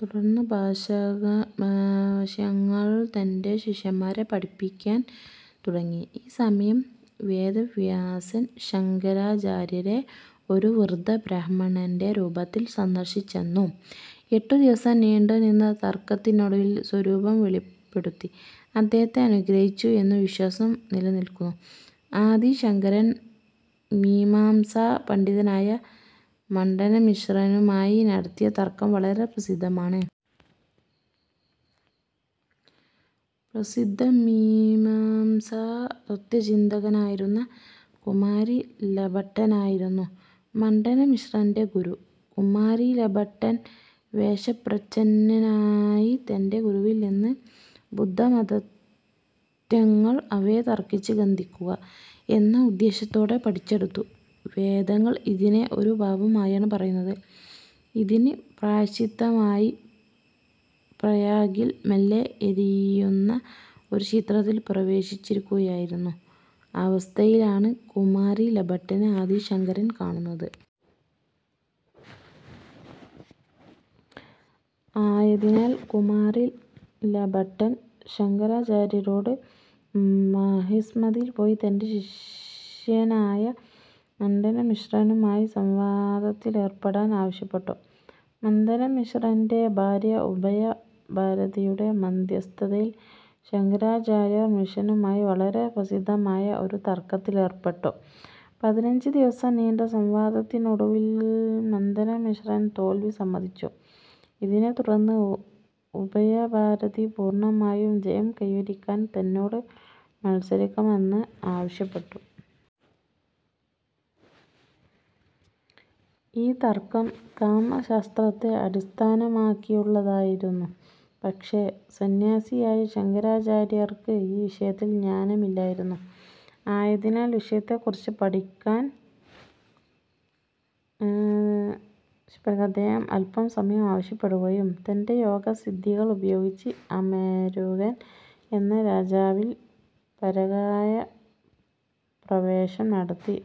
തുടർന്ന് ഭാഷ്യങ്ങൾ തന്റെ ശിഷ്യന്മാരെ പഠിപ്പിക്കാൻ തുടങ്ങി. ഈ സമയം, വേദവ്യാസൻ ശങ്കരാചാര്യരെ ഒരു വൃദ്ധബ്രാഹ്മണന്റെ രൂപത്തിൽ സന്ദർശിച്ചെന്നും എട്ടു ദിവസം നീണ്ടു നിന്ന തർക്കത്തിനൊടുവിൽ സ്വരൂപം വെളിപ്പെടുത്തി അദ്ദേഹത്തെ അനുഗ്രഹിച്ചു എന്നും വിശ്വാസം നിലനിൽക്കുന്നു. ആദി ശങ്കരൻ മീമാംസാ പണ്ഡിതനായ മണ്ഡനമിശ്രനുമായി നടത്തിയ തർക്കം വളരെ പ്രസിദ്ധമാണ്. പ്രസിദ്ധ മീമാംസാ തത്ത്വചിന്തകനായിരുന്ന കുമാരിലഭട്ടനായിരുന്നു മണ്ഡനമിശ്രന്റെ ഗുരു. കുമാരിലഭട്ടൻ വേഷപ്രച്ഛന്നനായി തന്റെ ഗുരുവിൽ നിന്ന് ബുദ്ധമതതത്ത്വങ്ങൾ അവയെ തർക്കിച്ച് ഖണ്ഡിക്കുക എന്ന ഉദ്ദേശ്യത്തോടെ പഠിച്ചെടുത്തു. വേദങ്ങൾ ഇതിനെ ഒരു പാപമായാണ് പറയുന്നത്. ഇതിന് പ്രായശ്ചിത്തമായി പ്രയാഗിൽ മെല്ലെ എരിയുന്ന ഒരു ചിതയിൽ പ്രവേശിച്ചിരിക്കുകയായിരുന്ന അവസ്ഥയിലാണ് കുമാരിലഭട്ടനെ ആദി ശങ്കരൻ കാണുന്നത്. ആയതിനാൽ കുമാരിലഭട്ടൻ ശങ്കരാചാര്യരോട് മഹിസ്മതിയിൽ പോയി തന്റെ ശിഷ്യനായ മണ്ഡനമിശ്രനുമായി സംവാദത്തിലേർപ്പെടാൻ ആവശ്യപ്പെട്ടു. മണ്ഡനമിശ്രന്റെ ഭാര്യ ഉഭയ ഭാരതിയുടെ മദ്ധ്യസ്ഥതയിൽ ശങ്കരാചാര്യർ മിശ്രനുമായി വളരെ പ്രസിദ്ധമായ ഒരു തർക്കത്തിലേർപ്പെട്ടു. പതിനഞ്ച് ദിവസം നീണ്ട സംവാദത്തിനൊടുവിൽ മണ്ഡനമിശ്രൻ തോൽവി സമ്മതിച്ചു. ഇതിനെ തുടർന്ന് ഉഭയ ഭാരതി പൂർണ്ണമായും ജയം കൈവരിയ്ക്കാൻ തന്നോട് മത്സരിയ്ക്കണമെന്ന് ആവശ്യപ്പെട്ടു. ഈ തർക്കം കാമശാസ്ത്രത്തെ അടിസ്ഥാനമാക്കിയുള്ളതായിരുന്നു. പക്ഷേ സന്ന്യാസിയായ ശങ്കരാചാര്യർക്ക് ഈ വിഷയത്തിൽ ജ്ഞാനമില്ലായിരുന്നു. ആയതിനാൽ വിഷയത്തെക്കുറിച്ച് പഠിക്കാൻ അദ്ദേഹം അല്പം സമയം ആവശ്യപ്പെടുകയും തന്റെ യോഗ സിദ്ധികൾ ഉപയോഗിച്ച് അമരുകൻ എന്ന രാജാവിൽ പരകായപ്രവേശം നടത്തി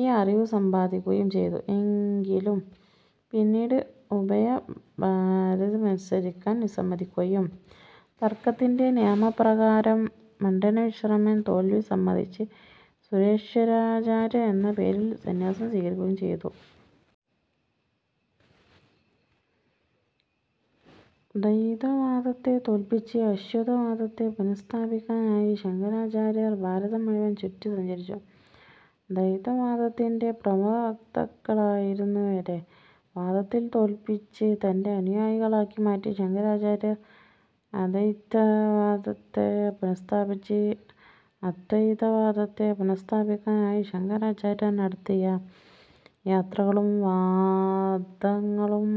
ഈ അറിവ് സമ്പാദിക്കുകയും ചെയ്തു. എങ്കിലും പിന്നീട് ഉഭയ ഭാരതി മത്സരിക്കാൻ വിസമ്മതിക്കുകയും തർക്കത്തിന്റെ നിയമ പ്രകാരം മണ്ഡനമിശ്രൻ തോൽവി സമ്മതിച്ച് സുരേശ്വരാചാര്യ എന്ന പേരിൽ സന്യാസം സ്വീകരിക്കുകയും ചെയ്തു. ദ്വൈതവാദത്തെ തോൽപ്പിച്ച് അദ്വൈത വാദത്തെ പുനഃസ്ഥാപിക്കാനായി ശങ്കരാചാര്യർ ഭാരതം മുഴുവൻ ചുറ്റി സഞ്ചരിച്ചു. ദ്വൈതവാദത്തിന്റെ പ്രമുഖവക്താക്കളായിരുന്നവരെ വാദത്തിൽ തോൽപ്പിച്ച് തന്റെ അനുയായികളാക്കി മാറ്റി ശങ്കരാചാര്യൻ അദ്വൈതവാദത്തെ പുനഃസ്ഥാപിച്ചു. അദ്വൈതവാദത്തെ പുനഃസ്ഥാപിക്കാനായി ശങ്കരാചാര്യർ നടത്തിയ യാത്രകളും വാദങ്ങളും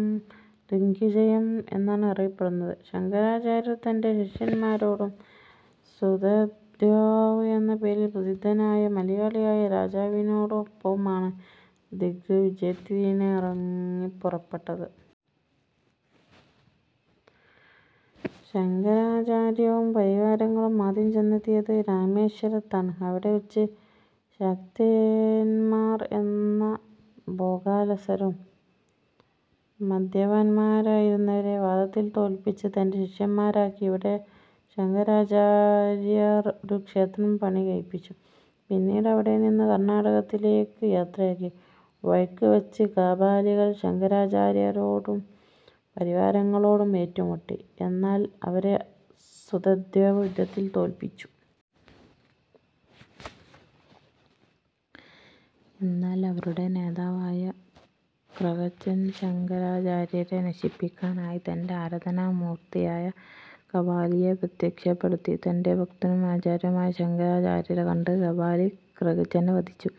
ദിഗ്വിജയം എന്നാണ് അറിയപ്പെടുന്നത്. ശങ്കരാചാര്യർ തന്റെ ശിഷ്യൻമാരോടും സുധന്വാവ് എന്ന പേരിൽ പ്രസിദ്ധനായ മലയാളിയായ രാജാവിനോടൊപ്പവുമാണ് ദിഗ് വിജയത്തിനിറങ്ങിപ്പുറപ്പെട്ടത്. ശങ്കരാചാര്യരും പരിവാരങ്ങളും ആദ്യം ചെന്നെത്തിയത് രാമേശ്വരത്താണ്. അവിടെ വച്ച് ശാക്തേയൻമാർ എന്ന ഭോഗാലസരും മദ്യപൻമാരുമായിരുന്നവരെ വാദത്തിൽ തോൽപ്പിച്ച് തന്റെ ശിഷ്യൻമാരാക്കി. ഇവിടെ ശങ്കരാചാര്യർ ഒരു ക്ഷേത്രം പണികഴിപ്പിച്ചു. പിന്നീട് അവിടെ നിന്ന് കർണ്ണാടകത്തിലേയ്ക്ക് യാത്രയായി വഴിയ്ക്ക് വച്ച് കാപാലികർ ശങ്കരാചാര്യരോടും പരിവാരങ്ങളോടും ഏറ്റുമുട്ടി. എന്നാൽ അവരെ സുധന്വാവ് യുദ്ധത്തിൽ തോൽപ്പിച്ചു. എന്നാൽ അവരുടെ നേതാവായ ക്രകചൻ ശങ്കരാചാര്യരെ നശിപ്പിക്കാനായി തന്റെ ആരാധനാ മൂർത്തിയായ കാപാലിയെ പ്രത്യക്ഷപ്പെടുത്തി. തന്റെ ഭക്തനും ആചാര്യനുമായ ശങ്കരാചാര്യരെ കണ്ട് കാപാലി ക്രകചനെ വധിച്ചു.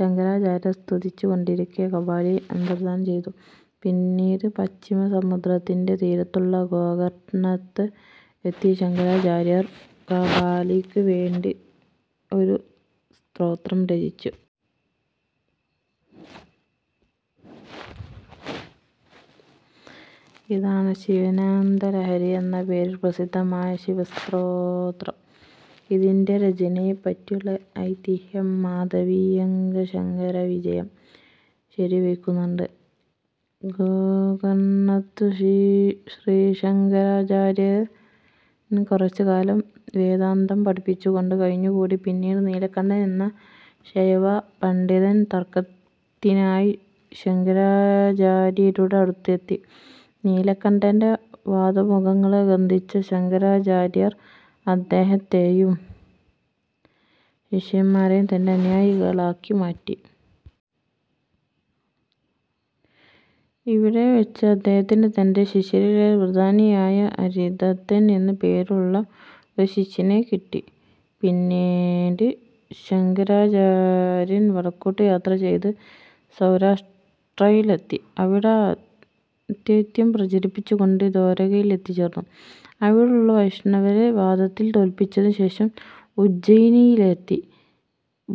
ശങ്കരാചാര്യർ സ്തുതിച്ചു കൊണ്ടിരിക്കേ കാപാലി അന്തർധാനം ചെയ്തു. പിന്നീട് പശ്ചിമ സമുദ്രത്തിന്റെ തീരത്തുള്ള ഗോകർണ്ണത്ത് എത്തിയ ശങ്കരാചാര്യൻ കാപാലിയ്ക്ക് വേണ്ടി ഒരു സ്തോത്രം രചിച്ചു. ഇതാണ് ശിവാനന്ദലഹരി എന്ന പേരിൽ പ്രസിദ്ധമായ ശിവസ്തോത്രം. ഇതിന്റെ രചനയെപ്പറ്റിയുള്ള ഐതിഹ്യം മാധവീയശങ്കരവിജയം ശരിവയ്ക്കുന്നുണ്ട്. ഗോകർണ്ണത്ത് ശ്രീശങ്കരാചാര്യൻ കുറച്ചു കാലം വേദാന്തം പഠിപ്പിച്ചു കൊണ്ട് കഴിഞ്ഞുകൂടി. പിന്നീട് നീലകണ്ഠൻ എന്ന ശൈവപണ്ഡിതൻ തർക്കത്തിനായി ശങ്കരാചാര്യരുടെ അടുത്ത് എത്തി നീലകണ്ഠന്റെ വാദമുഖങ്ങളെ ഖണ്ഡിച്ച ശങ്കരാചാര്യർ അദ്ദേഹത്തെയും ശിഷ്യൻമാരെയും തന്റെ അനുയായികളാക്കി മാറ്റി. ഇവിടെവച്ച് അദ്ദേഹത്തിന് തന്റെ ശിഷ്യരിൽ പ്രധാനിയായ ഹരിദത്തൻ എന്നു പേരുള്ള ഒരു ശിഷ്യനെ കിട്ടി. പിന്നീട് ശങ്കരാചാര്യൻ വടക്കോട്ടു യാത്ര ചെയ്ത് സൗരാഷ്ട്രയിലെത്തി. അവിടെ അദ്വൈതം പ്രചരിപ്പിച്ചു കൊണ്ട് ദ്വാരകയിൽ എത്തിച്ചേർന്നു. അവിടുള്ള വൈഷ്ണവരെ വാദത്തിൽ തോൽപ്പിച്ചതിനു ശേഷം ഉജ്ജയിനിയിലെത്തി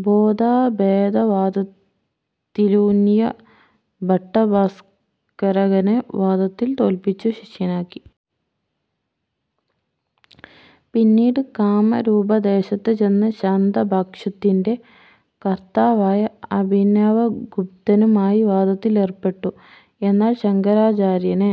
ഭോദാഭേദവാദത്തിലൂന്നിയ ഭട്ടഭാസ്ക്കരകനെ വാദത്തിൽ തോൽപ്പിച്ചു ശിഷ്യനാക്കി. പിന്നീട് കാമരൂപദേശത്ത് ചെന്ന് ശാക്തഭാഷ്യത്തിന്റെ കർത്താവായ അഭിനവഗുപ്തനുമായി വാദത്തിൽ ഏർപ്പെട്ടു. എന്നാൽ ശങ്കരാചാര്യനെ